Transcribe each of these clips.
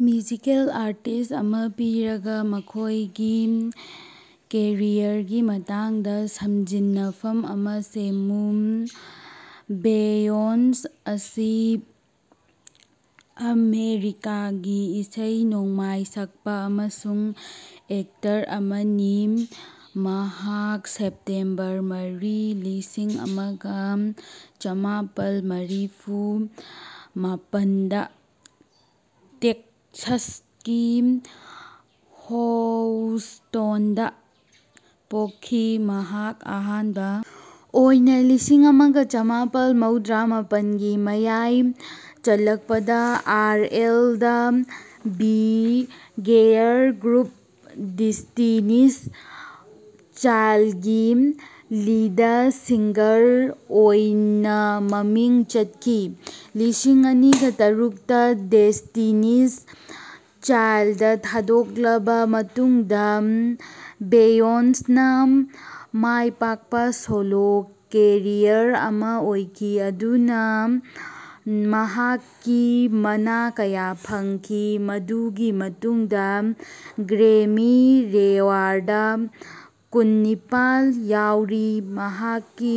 Musical artist ꯑꯃ ꯄꯤꯔꯒ, ꯃꯈꯣꯏꯒꯤ ꯀꯦꯔꯤꯌꯔꯒꯤ ꯃꯇꯥꯡꯗ ꯁꯝꯖꯤꯟꯅꯐꯝ ꯑꯃ ꯁꯦꯝꯃꯨ꯫ ꯕꯦꯌꯣꯟꯁ ꯑꯁꯤ ꯑꯃꯦꯔꯤꯀꯥꯒꯤ ꯏꯁꯩ ꯅꯣꯡꯃꯥꯏ ꯁꯛꯄ ꯑꯃꯁꯨꯡ ꯑꯦꯛꯇꯔ ꯑꯃꯅꯤ, ꯃꯍꯥꯛ ꯁꯦꯞꯇꯦꯝꯕꯔ ꯃꯔꯤ, ꯂꯤꯁꯤꯡ ꯑꯃꯒ ꯆꯃꯥꯄꯟ ꯃꯔꯤꯐꯨ ꯃꯥꯄꯟ ꯗ ꯇꯦꯛꯁꯥꯁꯀꯤ ꯍꯧꯁ꯭ꯇꯣꯟꯗ ꯄꯣꯛꯈꯤ꯫ ꯃꯍꯥꯛ ꯑꯍꯥꯟꯕ ꯑꯣꯏꯅ ꯂꯤꯁꯤꯡ ꯑꯃꯒ ꯆꯃꯥꯄꯜ ꯃꯧꯗ꯭ꯔꯥ ꯃꯥꯄꯟ ꯒꯤ ꯃꯌꯥꯏ ꯆꯜꯂꯛꯄꯗ R and B girl group Destiny's ꯆꯥꯏꯜꯗꯀꯤ ꯂꯤꯗ ꯁꯤꯡꯒꯔ ꯑꯣꯏꯅꯥꯃꯃꯤꯡ ꯆꯠꯈꯤ꯫ ꯂꯤꯁꯤꯡ ꯑꯅꯤꯒ ꯇꯔꯨꯛ ꯇ ꯗꯦꯁ꯭ꯇꯤꯅꯤꯁ ꯆꯥꯏꯜꯗ ꯊꯥꯗꯣꯛꯂꯕ ꯃꯇꯨꯡꯗ ꯕꯦꯌꯣꯟꯁꯅ ꯃꯥꯏꯄꯥꯛꯄ ꯁꯣꯂꯣ ꯀꯦꯔꯤꯌꯔ ꯑꯃꯥ ꯍꯧꯈꯤ ꯃꯗꯨꯅ ꯃꯍꯥꯛꯀꯤ ꯃꯅꯥ ꯀꯌꯥ ꯐꯪꯈꯤ, ꯃꯗꯨꯒꯤ ꯃꯅꯨꯡꯗ ꯒ꯭ꯔꯦꯃꯤ ꯑꯦꯋꯥꯔꯗ ꯀꯨꯟꯅꯤꯄꯥꯜ ꯌꯥꯎꯔꯤ꯫ ꯃꯍꯥꯛꯀꯤ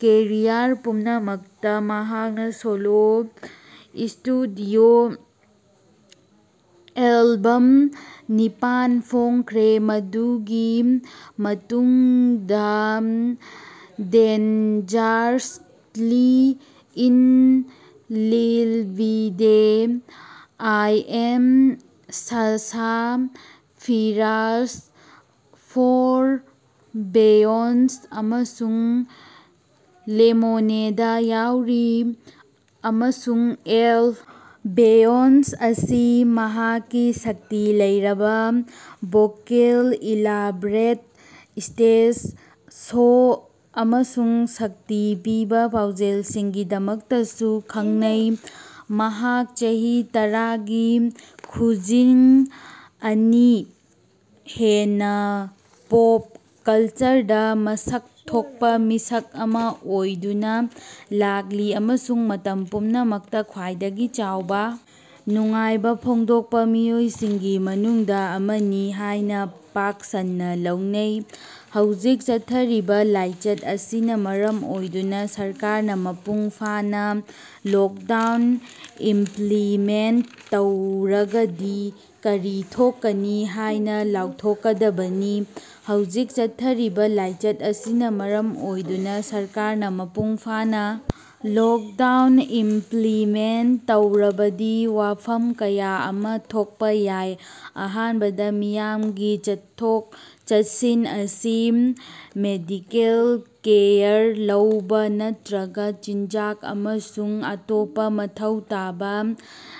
ꯀꯦꯔꯤꯌꯔ ꯄꯨꯝꯅꯃꯛꯇ ꯃꯍꯥꯛꯅ ꯁꯣꯂꯣ ꯁ꯭ꯇꯨꯗꯤꯑꯣ ꯑꯦꯂꯕꯝ ꯅꯤꯄꯥꯟ ꯐꯣꯡꯈ꯭ꯔꯦ, ꯃꯗꯨꯒꯤ ꯃꯅꯨꯡꯗ dangerously in love, B'Day, I am Sasha Fierce, four, Beyoncé, ꯑꯃꯁꯨꯡ ꯂꯦꯃꯣꯅꯦꯗ ꯌꯥꯎꯔꯤ ꯫ ꯑꯃꯁꯨꯡ ꯑꯦꯟ. ꯕꯦꯌꯣꯟꯁ ꯑꯁꯤ ꯃꯍꯥꯛꯀꯤ ꯁꯛꯇꯤ ꯂꯩꯔꯕ ꯚꯣꯀꯦꯜ, ꯏꯂꯥꯕꯔꯦꯠ ꯁ꯭ꯇꯦꯖ ꯁꯣ ꯑꯃꯁꯨꯡ ꯁꯛꯇꯤ ꯄꯤꯕ ꯄꯥꯎꯖꯦꯜꯁꯤꯡꯒꯤꯗꯃꯛꯇꯁꯨ ꯈꯪꯅꯩ꯫ ꯃꯍꯥꯛ ꯆꯍꯤ ꯇꯔꯥꯒꯤ ꯈꯨꯖꯤꯡ ꯑꯅꯤ ꯍꯦꯟꯅ ꯄꯣꯞ ꯀꯜꯆꯔꯗ ꯃꯁꯛ ꯊꯣꯛꯄ ꯃꯤꯁꯛ ꯑꯃ ꯑꯣꯏꯗꯨꯅ ꯂꯥꯛꯂꯤ ꯑꯃꯁꯨꯡ ꯃꯇꯝ ꯄꯨꯝꯅꯃꯛꯇ ꯈ꯭ꯋꯥꯏꯗꯒꯤ ꯆꯥꯎꯕ ꯅꯨꯡꯉꯥꯏꯕ ꯐꯣꯡꯗꯣꯛꯄ ꯃꯤꯑꯣꯏꯁꯤꯡꯒꯤ ꯃꯅꯨꯡꯗ ꯑꯃꯅꯤ ꯍꯥꯏꯅ ꯄꯥꯛꯁꯟꯅ ꯂꯧꯅꯩ꯫ ꯍꯧꯖꯤꯛ ꯆꯠꯊꯔꯤꯕ ꯂꯥꯏꯆꯠ ꯑꯁꯤꯅ ꯃꯔꯝ ꯑꯣꯏꯗꯨꯅ ꯁꯔꯀꯥꯔꯅ ꯃꯄꯨꯡ ꯐꯥꯅ ꯂꯣꯛꯗꯥꯎꯟ ꯏꯝꯄ꯭ꯂꯤꯃꯦꯟꯇ ꯇꯧꯔꯒꯗꯤ ꯀꯔꯤ ꯊꯣꯛꯀꯅꯤ ꯍꯥꯏꯅ ꯂꯥꯎꯊꯣꯛꯀꯗꯕꯅꯤ꯫ ꯍꯧꯖꯤꯛ ꯆꯠꯊꯔꯤꯕꯥ ꯂꯥꯏꯆꯠ ꯑꯁꯤꯅ ꯃꯔꯝ ꯑꯣꯏꯗꯨꯅ ꯁꯔꯀꯥꯔꯅ ꯃꯄꯨꯡ ꯐꯥꯅ ꯂꯣꯛꯗꯥꯎꯟ ꯏꯝꯄ꯭ꯂꯤꯃꯦꯟꯇ ꯇꯧꯔꯕꯗꯤ ꯋꯥꯐꯝ ꯀꯌꯥ ꯑꯃ ꯊꯣꯛꯄ ꯌꯥꯏ꯫ ꯑꯍꯥꯟꯕꯗ, ꯃꯤꯌꯥꯝꯒꯤ ꯆꯠꯊꯣꯛ-ꯆꯠꯁꯤꯟ ꯑꯁꯤ ꯃꯦꯗꯤꯀꯦꯜ ꯀꯦꯌꯔ ꯂꯧꯕ ꯅꯠꯇ꯭ꯔꯒ ꯆꯤꯟꯖꯥꯛ ꯑꯃꯁꯨꯡ ꯑꯇꯣꯞꯄ ꯃꯊꯧ ꯇꯥꯕ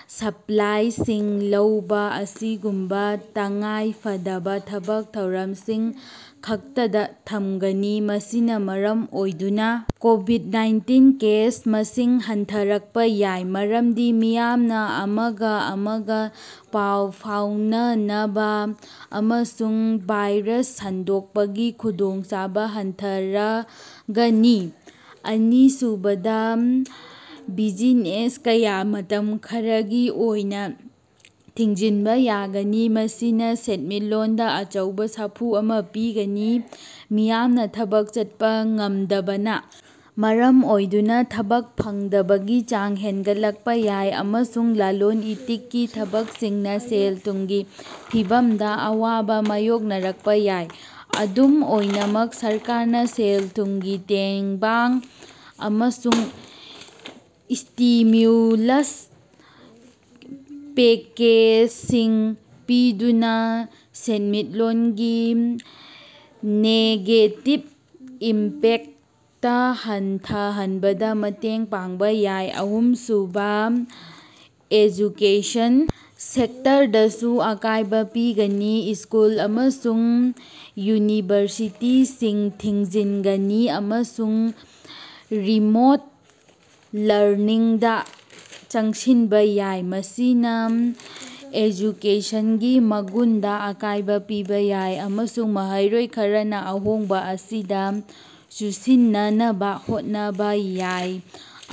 ꯁꯞꯄ꯭ꯂꯥꯏꯁꯤꯡ ꯂꯧꯕ ꯑꯁꯤꯒꯨꯝꯕ ꯇꯉꯥꯏ ꯐꯗꯕ ꯊꯕꯛ ꯊꯧꯔꯝꯁꯤꯡ ꯈꯛꯇꯗ ꯊꯝꯒꯅꯤ꯫ ꯃꯁꯤꯅ ꯃꯔꯝ ꯑꯣꯏꯗꯨꯅ ꯀꯣꯚꯤꯗ-ꯅꯥꯏꯟꯇꯤꯟ ꯀꯦꯁ ꯃꯁꯤꯡ ꯍꯟꯊꯔꯛꯄ ꯌꯥꯏ, ꯃꯔꯝꯗꯤ ꯃꯤꯌꯥꯝꯅ ꯑꯃꯒ-ꯑꯃꯒ ꯄꯥꯎ ꯐꯥꯎꯅꯅꯕ ꯑꯃꯁꯨꯡ ꯚꯥꯏꯔꯁ ꯁꯟꯗꯣꯛꯄꯒꯤ ꯈꯨꯗꯣꯡꯆꯥꯕ ꯍꯟꯊꯔꯒꯅꯤ꯫ ꯑꯅꯤꯁꯨꯕꯗ, ꯕꯤꯖꯤꯅꯦꯁ ꯀꯌꯥ ꯃꯇꯝ ꯈꯔꯒꯤ ꯑꯣꯏꯅ ꯊꯤꯡꯖꯤꯟꯕ ꯌꯥꯒꯅꯤ, ꯃꯁꯤꯅ ꯁꯦꯟꯃꯤꯠꯂꯣꯟꯗ ꯑꯆꯧꯕ ꯁꯥꯐꯨ ꯑꯃ ꯄꯤꯒꯅꯤ꯫ ꯃꯤꯌꯥꯝꯅ ꯊꯕꯛ ꯆꯠꯄ ꯉꯝꯗꯕꯅ ꯃꯔꯝ ꯑꯣꯏꯗꯨꯅ ꯊꯕꯛ ꯐꯪꯗꯕꯒꯤ ꯆꯥꯡ ꯍꯦꯟꯒꯠꯂꯛꯄ ꯌꯥꯏ, ꯑꯃꯁꯨꯡ ꯂꯂꯣꯟ-ꯏꯇꯤꯛꯀꯤ ꯊꯕꯛꯁꯤꯡꯅ ꯁꯦꯜ-ꯊꯨꯝꯒꯤ ꯐꯤꯚꯝꯗ ꯑꯋꯥꯕ ꯃꯥꯌꯣꯛꯅꯔꯛꯄ ꯌꯥꯏ꯫ ꯑꯗꯨꯝ ꯑꯣꯏꯅꯃꯛ ꯁꯔꯀꯥꯔꯅ ꯁꯦꯜ-ꯊꯨꯃꯒꯤ ꯇꯦꯡꯕꯥꯡ ꯑꯃꯁꯨꯡ ꯁ꯭ꯇꯤꯃ꯭ꯌꯨꯂꯁ ꯄꯦꯀꯦꯖꯁꯤꯡ ꯄꯤꯗꯨꯅ ꯁꯦꯟꯃꯤꯠꯂꯣꯟꯒꯤ ꯅꯦꯒꯦꯇꯤꯚ ꯏꯝꯄꯦꯛꯇ ꯍꯟꯊꯍꯟꯕꯗ ꯃꯇꯦꯡ ꯄꯥꯡꯕ ꯌꯥꯏ꯫ ꯑꯍꯨꯝꯁꯨꯕ, ꯑꯦꯖꯨꯀꯦꯁꯟ ꯁꯦꯛꯇꯔꯗꯁꯨ ꯑꯀꯥꯏꯕ ꯄꯤꯒꯅꯤ, ꯁ꯭ꯀꯨꯜ ꯑꯃꯁꯨꯡ ꯌꯨꯅꯤꯚꯔꯁꯤꯇꯤꯁꯤꯡ ꯊꯤꯡꯖꯤꯟꯒꯅꯤ ꯑꯃꯁꯨꯡ ꯔꯤꯃꯣꯠ ꯂꯔꯅꯤꯡꯗ ꯆꯪꯁꯤꯟꯕ ꯌꯥꯏ꯫ ꯃꯁꯤꯅ ꯑꯦꯖꯨꯀꯦꯁꯟꯒꯤ ꯃꯒꯨꯟꯗ ꯑꯀꯥꯏꯕ ꯄꯤꯕ ꯌꯥꯏ, ꯑꯃꯁꯨꯡ ꯃꯍꯩꯔꯣꯏ ꯈꯔꯅ ꯑꯍꯣꯡꯕ ꯑꯁꯤꯒ ꯆꯨꯁꯤꯟꯅꯅꯕ ꯍꯣꯠꯅꯕ ꯌꯥꯏ꯫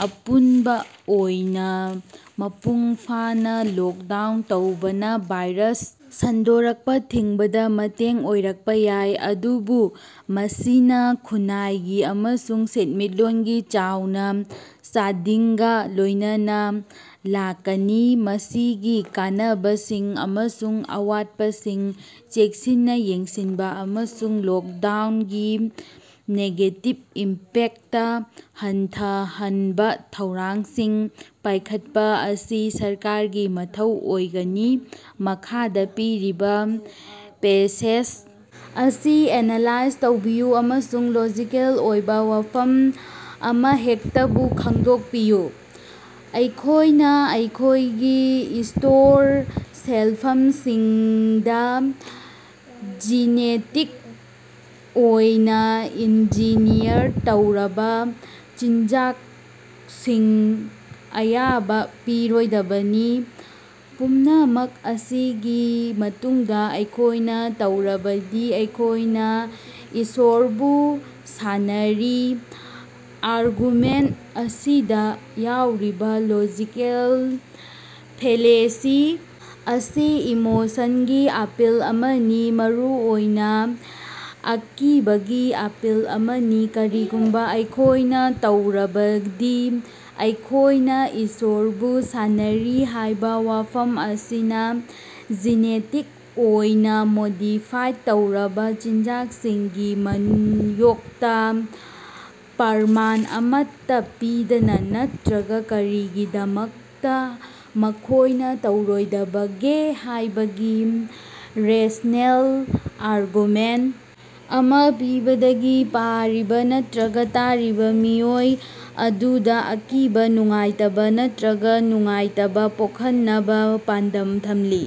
ꯑꯄꯨꯟꯕ ꯑꯣꯏꯅ ꯃꯄꯨꯡ ꯐꯥꯅ ꯂꯣꯛꯗꯥꯎꯟ ꯇꯧꯕꯅ ꯚꯥꯏꯔꯁ ꯁꯟꯗꯣꯔꯛꯄ ꯊꯤꯡꯕꯗ ꯃꯇꯦꯡ ꯑꯣꯏꯔꯛꯄ ꯌꯥꯏ, ꯑꯗꯨꯕꯨ ꯃꯁꯤꯅ ꯈꯨꯟꯅꯥꯏꯒꯤ ꯑꯃꯁꯨꯡ ꯁꯦꯟꯃꯤꯠꯂꯣꯟꯒꯤ ꯆꯥꯎꯅ ꯆꯥꯗꯤꯡꯒ ꯂꯣꯏꯅꯅ ꯂꯥꯛꯀꯅꯤ꯫ ꯃꯁꯤꯒꯤ ꯀꯥꯟꯅꯕꯁꯤꯡ ꯑꯃꯁꯨꯡ ꯑꯋꯥꯠꯄꯁꯤꯡ ꯆꯦꯛꯁꯤꯟꯅ ꯌꯦꯡꯁꯤꯟꯕ ꯑꯃꯁꯨꯡ ꯂꯣꯛꯗꯥꯎꯅꯒꯤ ꯅꯦꯒꯦꯇꯤꯚ ꯏꯝꯄꯦꯛꯇ ꯍꯟꯊꯍꯟꯅꯕꯥꯊꯧꯔꯥꯡꯁꯤꯡ ꯄꯥꯏꯈꯠꯄ ꯑꯁꯤ ꯁꯔꯀꯥꯔꯒꯤ ꯃꯊꯧ ꯑꯣꯏꯒꯅꯤ꯫ ꯃꯈꯥꯗ ꯄꯤꯔꯤꯕ ꯄꯦꯁꯦꯖ ꯑꯁꯤ ꯑꯦꯅꯂꯥꯏꯖ ꯇꯧꯕꯤꯌꯨ ꯑꯃꯁꯨꯡ ꯂꯣꯖꯤꯀꯦꯜ ꯑꯣꯏꯕ ꯋꯥꯐꯝ ꯑꯃꯍꯦꯛꯇꯕꯨ ꯈꯪꯗꯣꯛꯄꯤꯌꯨ꯫ ꯑꯩꯈꯣꯏꯅ ꯑꯩꯈꯣꯏꯒꯤ ꯁ꯭ꯇꯣꯔ ꯁꯦꯜꯐꯝꯁꯤꯡꯗ ꯖꯤꯅꯦꯇꯤꯛ ꯑꯣꯏꯅ ꯏꯟꯖꯤꯅꯤꯌꯔ ꯇꯧꯔꯕ ꯆꯤꯟꯖꯥꯛꯁꯤꯡ ꯑꯌꯥꯕ ꯄꯤꯔꯣꯏꯗꯕꯅꯤ꯫ ꯄꯨꯝꯅꯃꯛ ꯑꯁꯤꯒꯤ ꯃꯇꯨꯡꯗ ꯑꯩꯈꯣꯏꯅ ꯇꯧꯔꯕꯗꯤ ꯑꯩꯈꯣꯏꯅ ꯏꯁ꯭ꯋꯔꯕꯨ ꯁꯥꯟꯅꯔꯤ꯫ ꯑꯥꯔꯒꯨꯃꯦꯟꯇ ꯑꯁꯤꯗ ꯌꯥꯎꯔꯤꯕ ꯂꯣꯖꯤꯀꯦꯜ ꯐꯦꯂꯦꯁꯤ ꯑꯁꯤ ꯏꯃꯣꯁꯟꯒꯤ ꯑꯄꯤꯜ ꯑꯃꯅꯤ, ꯃꯔꯨꯑꯣꯏꯅ ꯑꯀꯤꯕꯒꯤ ꯑꯄꯤꯜ ꯑꯃꯅꯤ꯫ ꯀꯔꯤꯒꯨꯝꯕ ꯑꯩꯈꯣꯏꯅ ꯇꯧꯔꯕꯗꯤ ꯑꯩꯈꯣꯏꯅ ꯏꯁ꯭ꯋꯔꯕꯨ ꯁꯥꯟꯅꯔꯤ ꯍꯥꯏꯕ ꯋꯥꯐꯝ ꯑꯁꯤꯅ ꯖꯤꯅꯦꯇꯤꯛ ꯑꯣꯏꯅ ꯃꯣꯗꯤꯐꯥꯏꯗ ꯇꯧꯔꯕ ꯆꯤꯟꯖꯥꯛꯁꯤꯡꯒꯤ ꯃꯥꯌꯣꯛꯇ ꯄ꯭ꯔꯃꯥꯟ ꯑꯃꯠꯇ ꯄꯤꯗꯅ ꯅꯠꯇ꯭ꯔꯒ ꯀꯔꯤꯒꯤꯗꯃꯛꯇ ꯃꯈꯣꯏꯅ ꯇꯧꯔꯣꯏꯗꯒꯦ ꯍꯥꯏꯕꯒꯤ ꯔꯦꯁ꯭ꯅꯦꯜ ꯑꯥꯔꯒꯨꯃꯦꯟꯇ ꯑꯃ ꯄꯤꯕꯗꯒꯤ ꯄꯥꯔꯤꯕ ꯅꯠꯇ꯭ꯔꯒ ꯇꯥꯔꯤꯕ ꯃꯤꯑꯣꯏ ꯑꯗꯨꯗ ꯑꯀꯤꯕ, ꯅꯨꯡꯉꯥꯏꯇꯕ ꯅꯠꯇ꯭ꯔꯒ ꯅꯨꯡꯉꯥꯏꯇꯕ ꯄꯣꯛꯍꯟꯅꯕ ꯄꯥꯟꯗꯝ ꯊꯝꯂꯤ꯫